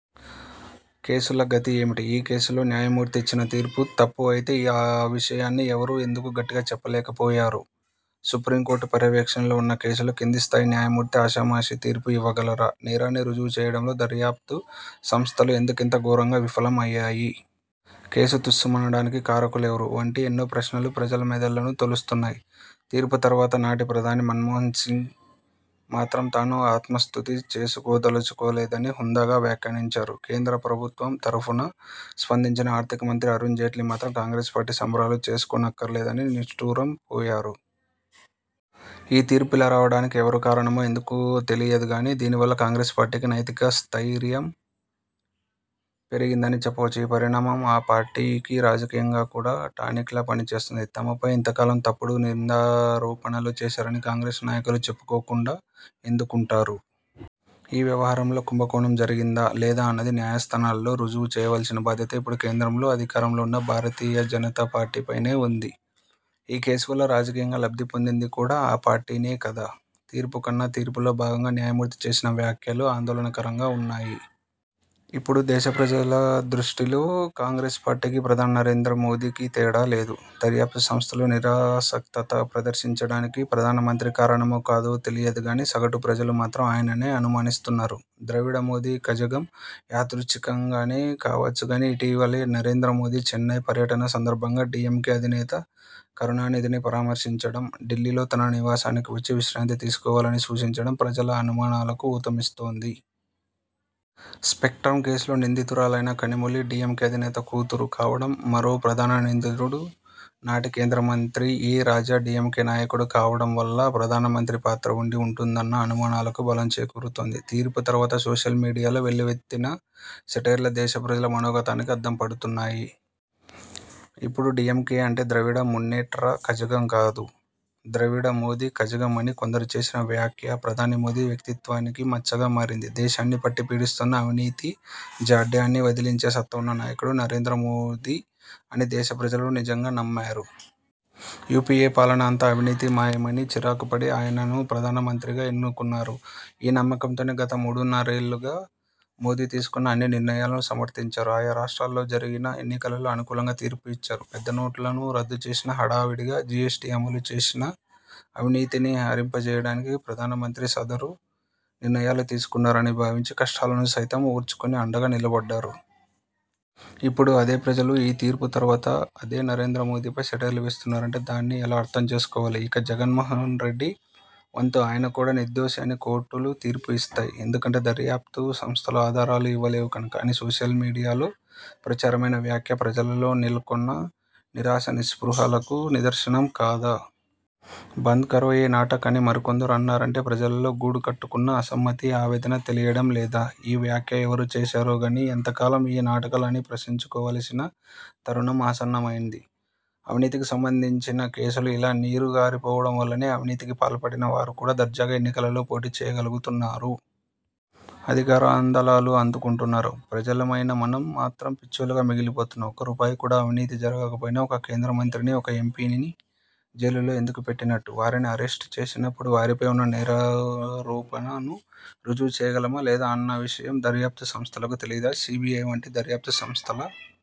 కేసుల గతి ఏమిటి? ఈ కేసులో న్యాయమూర్తి ఇచ్చిన తీర్పు తప్పు అయితే ఆ విషయాన్ని ఎవరూ ఎందుకు గట్టిగా చెప్పలేకపోయారు? సుప్రీంకోర్టు పర్యవేక్షణలో ఉన్న కేసులో కిందిస్థాయి న్యాయమూర్తి ఆషామాషీగా తీర్పు ఇవ్వగలరా? నేరాన్ని రుజువు చేయడంలో దర్యాప్తు సంస్థలు ఎందుకింత ఘోరంగా విఫలం అయ్యాయి? కేసు తుస్సుమనడానికి కారకులు ఎవరు? వంటి ఎన్నో ప్రశ్నలు ప్రజల మెదళ్లను తొలుస్తున్నాయి. తీర్పు తర్వాత నాటి ప్రధాని మన్మోహన్సింగ్ మాత్రం తాను ఆత్మస్తుతి చేసుకోదలుచుకోలేదని హుందాగా వ్యాఖ్యానించారు. కేంద్ర ప్రభుత్వం తరఫున స్పందించిన ఆర్థిక మంత్రి అరుణ్ జైట్లీ మాత్రం కాంగ్రెస్ పార్టీ సంబరాలు చేసుకోనక్కర్లేదని నిష్టూరం పోయారు. ఈ తీర్పు ఇలా రావడానికి ఎవరు కారణమో, ఎందుకో తెలియదు గానీ, దీనివల్ల కాంగ్రెస్ పార్టీకి నైతిక స్థయిర్యం పెరిగిందని చెప్పవచ్చు. ఈ పరిణామం ఆ పార్టీకి రాజకీయంగా కూడా టానిక్లా పనిచేస్తుంది. తమపై ఇంతకాలం తప్పుడు నిందారోపణలు చేశారని కాంగ్రెస్ నాయకులు చెప్పుకోకుండా ఎందుకుంటారు. ఈ వ్యవహారంలో కుంభకోణం జరిగిందా? లేదా? అన్నది న్యాయస్థానాలలో రుజువు చేయవలసిన బాధ్యత ఇప్పుడు కేంద్రంలో అధికారంలో ఉన్న భారతీయ జనతా పార్టీపైనే ఉంది. ఈ కేసు వల్ల రాజకీయంగా లబ్ధి పొందింది కూడా ఆ పార్టీనే కదా! తీర్పుకన్నా తీర్పులో భాగంగా న్యాయమూర్తి చేసిన వ్యాఖ్యలు ఆందోళనకరంగా ఉన్నాయి. ఇప్పుడు దేశ ప్రజల దృష్టిలో కాంగ్రెస్ పార్టీకి, ప్రధానమంత్రి నరేంద్ర మోదీకి తేడా లేదు! దర్యాప్తు సంస్థలు నిరాసక్తత ప్రదర్శించడానికి ప్రధానమంత్రి కారణమో కాదో తెలియదు గానీ, సగటు ప్రజలు మాత్రం ఆయననే అనుమానిస్తున్నారు. ద్రవిడ మోదీ కజగం! యాథృచ్ఛికంగానే కావచ్చుగానీ ఇటీవలే నరేంద్ర మోదీ చెన్నై పర్యటన సందర్భంగా డీఎంకే అధినేత కరుణానిధిని పరామర్శించడం, ఢిల్లీలో తన నివాసానికి వచ్చి విశ్రాంతి తీసుకోవాలని సూచించడం ప్రజల అనుమానాలకు ఊతమిస్తోంది. స్పెక్ట్రమ్ కేసులో నిందితురాలైన కనిమొళి డీఎంకే అధినేత కూతురు కావడం, మరో ప్రధాన నిందితుడు, నాటి కేంద్ర మంత్రి ఎ. రాజా డీఎంకే నాయకుడు కావడం వల్ల ప్రధానమంత్రి పాత్ర ఉండి ఉంటుందన్న అనుమానాలకు బలం చేకూరుతోంది. తీర్పు తర్వాత సోషల్ మీడియాలో వెల్లువెత్తిన సెటైర్లు దేశ ప్రజల మనోగతానికి అద్దం పడుతున్నాయి. ఇప్పుడు డీఎంకే అంటే ద్రవిడ మున్నేట్ర కజగం కాదు, ద్రవిడ మోదీ కజగం అని కొందరు చేసిన వ్యాఖ్య ప్రధాని మోదీ వ్యక్తిత్వానికి మచ్చగా మారింది. దేశాన్ని పట్టి పీడిస్తున్న అవినీతి జాడ్యాన్ని వదిలించే సత్తా ఉన్న నాయకుడు నరేంద్ర మోదీ అని దేశ ప్రజలు నిజంగా నమ్మారు. యూపీఏ పాలన అంతా అవినీతి మాయమని చిరాకుపడి, ఆయనను ప్రధానమంత్రిగా ఎన్నుకున్నారు. ఈ నమ్మకంతోనే గత మూడున్నరేళ్లుగా మోదీ తీసుకున్న అన్ని నిర్ణయాలనూ సమర్థించారు. ఆయా రాష్ర్టాలలో జరిగిన ఎన్నికలలో అనుకూలంగా తీర్పు ఇచ్చారు. పెద్దనోట్లను రద్దు చేసినా, హడావుడిగా జీఎస్టీ అమలుచేసినా అవినీతిని హరింపజేయడానికే ప్రధానమంత్రి సదరు నిర్ణయాలు తీసుకున్నారని భావించి కష్టాలను సైతం ఓర్చుకుని అండగా నిలబడ్డారు. ఇప్పుడు అదే ప్రజలు ఈ తీర్పు తర్వాత అదే నరేంద్ర మోదీపై సెటైర్లు వేస్తున్నారంటే దాన్ని ఎలా అర్థం చేసుకోవాలి? 'ఇక జగన్మోహన్ రెడ్డి వంతు ఆయన కూడా నిర్దోషి అని కోర్టులు తీర్పు ఇస్తాయి. ఎందుకంటే దర్యాప్తు సంస్థలు ఆధారాలు ఇవ్వలేవు కనుక' అని సోషల్ మీడియాలో ప్రచారమైన వ్యాఖ్య ప్రజలలో నెలకొన్న నిరాశా నిస్పృహలకు నిదర్శనం కాదా! 'బంద్ కరో ఏ నాటక్' అని మరికొందరు అన్నారంటే ప్రజలలో గూడుకట్టుకున్న అసమ్మతి, ఆవేదన తెలియడం లేదా? ఈ వ్యాఖ్య ఎవరు చేశారో గానీ ఎంతకాలం ఈ నాటకాలు అని ప్రశ్నించుకోవలసిన తరుణం ఆసన్నమైంది. అవినీతికి సంబంధించిన కేసులు ఇలా నీరు గారిపోవడం వల్లనే అవినీతికి పాల్పడిన వారు కూడా దర్జాగా ఎన్నికలలో పోటీ చేయగలుగుతున్నారు. అధికార అందలాలు అందుకుంటున్నారు. ప్రజలమైన మనం మాత్రం పిచ్చోళ్లుగా మిగిలి పోతున్నాం. ఒక్క రూపాయి కూడా అవినీతి జరగకపోయినా ఒక కేంద్ర మంత్రిని, ఒక ఎంపీని జైలులో ఎందుకు పెట్టినట్టు? వారిని అరెస్ట్ చేసినప్పుడు వారిపై ఉన్న నేరారోపణను రుజువు చేయగలమా? లేదా? అన్న విషయం దర్యాప్తు సంస్థలకు తెలియదా? సీబీఐ వంటి దర్యాప్తు సంస్థల